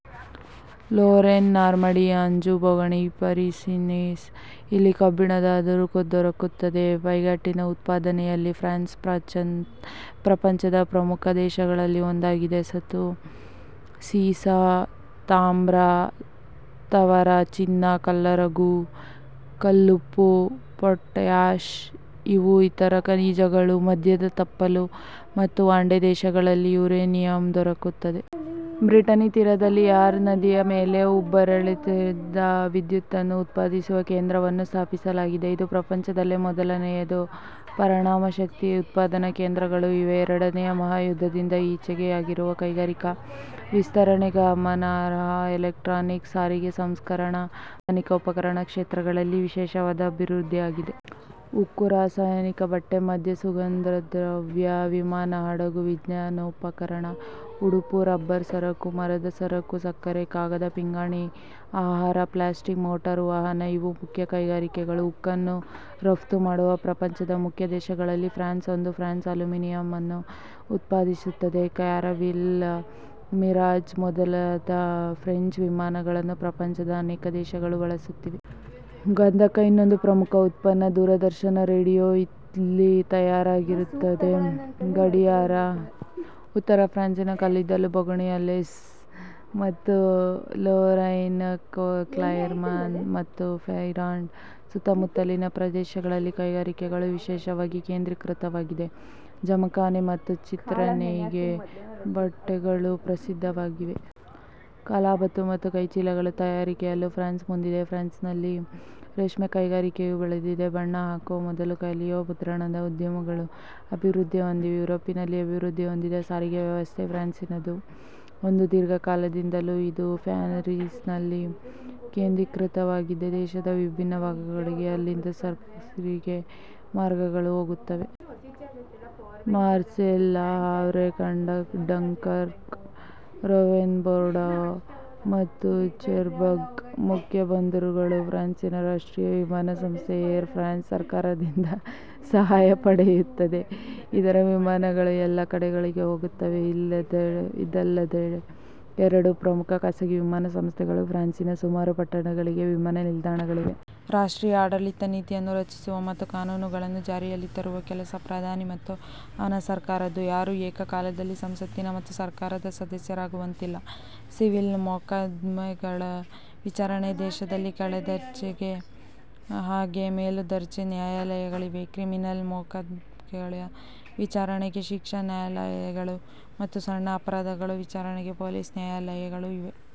Lorraine, Normandy, Anjou ಬೋಗುಣಿ, Pyrenees ಇಲ್ಲಿ ಕಬ್ಬಿಣದ ಅದುರು ದೊರಕುತ್ತದೆ. ಬಾಕ್ಸೈಟಿನ ಉತ್ಪಾದನೆಯಲ್ಲಿ ಫ್ರಾನ್ಸ್ ಪ್ರಪಂಚದ ಪ್ರಮುಖ ದೇಶಗಳಲ್ಲಿ ಒಂದಾಗಿದೆ. ಸತು, ಸೀಸ, ತಾಮ್ರ, ತವರ, ಚಿನ್ನ, ಕಲ್ಲರಗು, ಕಲ್ಲುಪ್ಪು, ಪೊಟ್ಯಾಷ್ ಇವು ಇತರ ಖನಿಜಗಳು. ಮಧ್ಯದ ತಪ್ಪಲು ಮತ್ತು ವಾಂಡೇ ಪ್ರದೇಶಗಳಲ್ಲಿ ಯುರೇನಿಯಮ್ ದೊರಕುತ್ತದೆ. ಬ್ರಿಟನಿ ತೀರದಲ್ಲಿ ರ್ಯಾನ್ಸ್ ನದಿಯ ಮೇಲೆ ಉಬ್ಬರವಿಳಿತದಿಂದ ವಿದ್ಯುತ್ತನ್ನು ಉತ್ಪಾದಿಸುವ ಕೇಂದ್ರವನ್ನು ಸ್ಥಾಪಿಸಲಾಗಿದೆ. ಇದು ಪ್ರಪಂಚದಲ್ಲೇ ಮೊದಲನೆಯದು. ಪರಮಾಣುಶಕ್ತಿ ಉತ್ಪಾದನ ಕೇಂದ್ರಗಳೂ ಇವೆ. ಎರಡನೆಯ ಮಹಾ ಯುದ್ಧದಿಂದ ಈಚೆಗೆ ಆಗಿರುವ ಕೈಗಾರಿಕಾ ವಿಸ್ತರಣೆ ಗರ್ಮನಾರ್ಹ. ಎಲೆಕ್ಟ್ರಾನಿಕ್ಸ್, ಸಾರಿಗೆ, ಸಂಸ್ಕರಣ ಮತ್ತು ವೈಜ್ಞಾನಿಕ ಉಪಕರಣ ಕ್ಷೇತ್ರಗಳಲ್ಲಿ ವಿಶೇಷವಾದ ಅಭಿವೃದ್ಧಿಯಾಗಿದೆ. ಉಕ್ಕು, ರಸಾಯನಿಕ, ಬಟ್ಟೆ, ಮದ್ಯ ಸುಗಂಧದ್ರವ್ಯ, ವಿಮಾನ, ಹಡಗು, ವಿಜ್ಞಾನೋಪಕರಣ, ಉಡುಪು, ರಬ್ಬರ್ ಸರಕು, ಮರದ ಸರಕು, ಸಕ್ಕರೆ, ಕಾಗದ ಪಿಂಗಾಣಿ, ಆಹಾರ, ಪ್ಲಾಸ್ಟಿಕ್, ಮೋಟಾರುವಾಹನ ಇವು ಮುಖ್ಯ ಕೈಗಾರಿಕೆಗಳು. ಉಕ್ಕನ್ನು ರಫ್ತುಮಾಡುವ ಪ್ರಪಂಚದ ಪ್ರಮುಖ ದೇಶಗಳಲ್ಲಿ ಫ್ರಾನ್ಸ್ ಒಂದು. ಫ್ರಾನ್ಸ್ ಅಲ್ಯೂಮಿನಿಯಮನ್ನೂ ಉತ್ಪಾದಿಸುತ್ತಿದೆ. ಕ್ಯಾರವಿಲ್, ಮಿರಾಜ್ ಮೊದಲಾದ ಫ್ರೆಂಚ್ ವಿಮಾನಗಳನ್ನು ಪ್ರಪಂಚದ ಅನೇಕ ದೇಶಗಳು ಬಳಸುತ್ತಿವೆ. ಗಂಧಕ ಇನ್ನೊಂದು ಪ್ರಮುಖ ಉತ್ಪನ್ನ. ದೂರದರ್ಶನ, ರೇಡಿಯೋ ಇಲ್ಲಿ ತಯಾರಾಗುತ್ತವೆ. ಗಡಿಯಾರ, ಚರ್ಮ ಸರಕು ಇವೂ ತಯಾರಾಗುತ್ತವೆ. ಪ್ಯಾರಿಸಿನ ಸುತ್ತುಮುತ್ತಲಿನ ಪ್ರದೇಶ, ಉತ್ತರ ಫ್ರಾನ್ಸಿನ ಕಲ್ಲಿದ್ದಲು ಬೋಗುಣಿ ಆಲ್ಸೇಸ್ ಮತ್ತು ಲೊರೈನ್, ಕ್ಲೆರ್ಮಾನ್ ಮತ್ತು ಫೆರಾಂಡ್ ಸುತ್ತಮುತ್ತಲಿನ ಪ್ರದೇಶಗಳಲ್ಲಿ ಕೈಗಾರಿಕೆಗಳು ವಿಶೇಷವಾಗಿ ಕೇಂದ್ರೀಕೃತವಾಗಿವೆ. ಜಮಖಾನೆ ಮತ್ತು ಚಿತ್ರನೇಯ್ಗೆ ಬಟ್ಟೆಗಳೂ ಪ್ರಸಿದ್ಧವಾಗಿವೆ. ಕಲಾಬತು ಮತ್ತು ಕೈಚೀಲಗಳ ತಯಾರಿಕೆಯಲ್ಲೂ ಫ್ರಾನ್ಸ್ ಮುಂದಿದೆ. ಫ್ರಾನ್ಸಿನಲ್ಲಿ ರೇಷ್ಮೆ ಕೈಗಾರಿಕೆಯೂ ಬೆಳೆದಿದೆ. ಬಣ್ಣ ಹಾಕುವ ಮತ್ತು ಕ್ಯಾಲಿಕೊ ಮುದ್ರಣದ ಉದ್ಯಮಗಳು ಅಭಿವೃದ್ಧಿಹೊಂದಿವೆ. ಯುರೋಪಿನಲ್ಲಿ ಅಭಿವೃದ್ಧಿ ಹೊಂದಿದ ಸಾರಿಗೆ ವ್ಯವಸ್ಥೆಗಳಲ್ಲಿ ಫ್ರಾನ್ಸಿನದೂ ಒಂದು. ದೀರ್ಘಕಾಲದಿಂದಲೂ ಇದು ಫ್ಯಾರಿಸಿನಲ್ಲಿ ಕೇಂದ್ರೀಕೃತವಾಗಿದೆ. ದೇಶದ ವಿಭಿನ್ನ ಭಾಗಗಳಿಗೆ ಅಲ್ಲಿಂದ ಸಾರಿಗೆ ಮಾರ್ಗಗಳು ಹೋಗುತ್ತವೆ. ಮಾರ್ಸೇಲ್, ಲ ಹಾವ್ರೆ ಡಂಕರ್ಕ್, ರೂವೆನ್ಬೋರ್ಡೋ ಮತ್ತು ಚೆರ್ಬಗ್ ಮುಖ್ಯ ಬಂದರುಗಳು. ಫ್ರಾನ್ಸಿನ ರಾಷ್ಟ್ರೀಯ ವಿಮಾನ ಸಂಸ್ಥೆ ಏರ್ ಫ್ರಾನ್ಸ್ ಸರ್ಕಾರದಿಂದ ಸಹಾಯಧನ ಪಡೆಯುತ್ತದೆ. ಇದರ ವಿಮಾನಗಳು ಎಲ್ಲ ಕಡೆಗಳಿಗೂ ಹೋಗುತ್ತವೆ. ಇದಲ್ಲದೆ ಎರಡು ಪ್ರಮುಖ ಖಾಸಗಿ ವಿಮಾನ ಸಂಸ್ಥೆಗಳಿವೆ. ಫ್ರಾನ್ಸಿನ ಸುಮಾರು ಪಟ್ಟಣಗಳಿಗೆ ವಿಮಾನ ನಿಲ್ದಾಣಗಳಿವೆ. ರಾಪ್ಟ್ರೀಯ ಆಡಳಿತ ನೀತಿಯನ್ನು ರಚಿಸುವ ಮತ್ತು ಕಾನೂನುಗಳನ್ನು ಜಾರಿಯಲ್ಲಿ ತರುವ ಕೆಲಸ ಪ್ರಧಾನಿ ಮತ್ತು ಅವನ ಸರ್ಕಾರದ್ದು. ಯಾರು ಏಕ ಕಾಲದಲ್ಲಿ ಸಂಸತ್ತಿನ ಮತ್ತು ಸರ್ಕಾರದ ಸದಸ್ಯರಾಗುವಂತಿಲ್ಲ. ಸಿವಿಲ್ ಮೊಕದ್ದಮೆಗಳ ವಿಚಾರಣೆಗೆ ದೇಶದಲ್ಲಿ ಕೆಳದರ್ಜೆಯ ಹಾಗೂ ಮೇಲುದರ್ಜೆಯ ನ್ಯಾಯಾಲಯಗಳಿವೆ. ಕ್ರಿಮಿನಲ್ ಮೊಕದ್ದಮೆಗಳ ವಿಚಾರಣೆಗೆ ಶಿಕ್ಷಾ ನ್ಯಾಯಾಲಯಗಳು ಮತ್ತು ಸಣ್ಣ ಅಪರಾಧಗಳ ವಿಚಾರಣೆಗೆ ಪೊಲೀಸ್ ನ್ಯಾಯಾಲಯಗಳು ಇವೆ.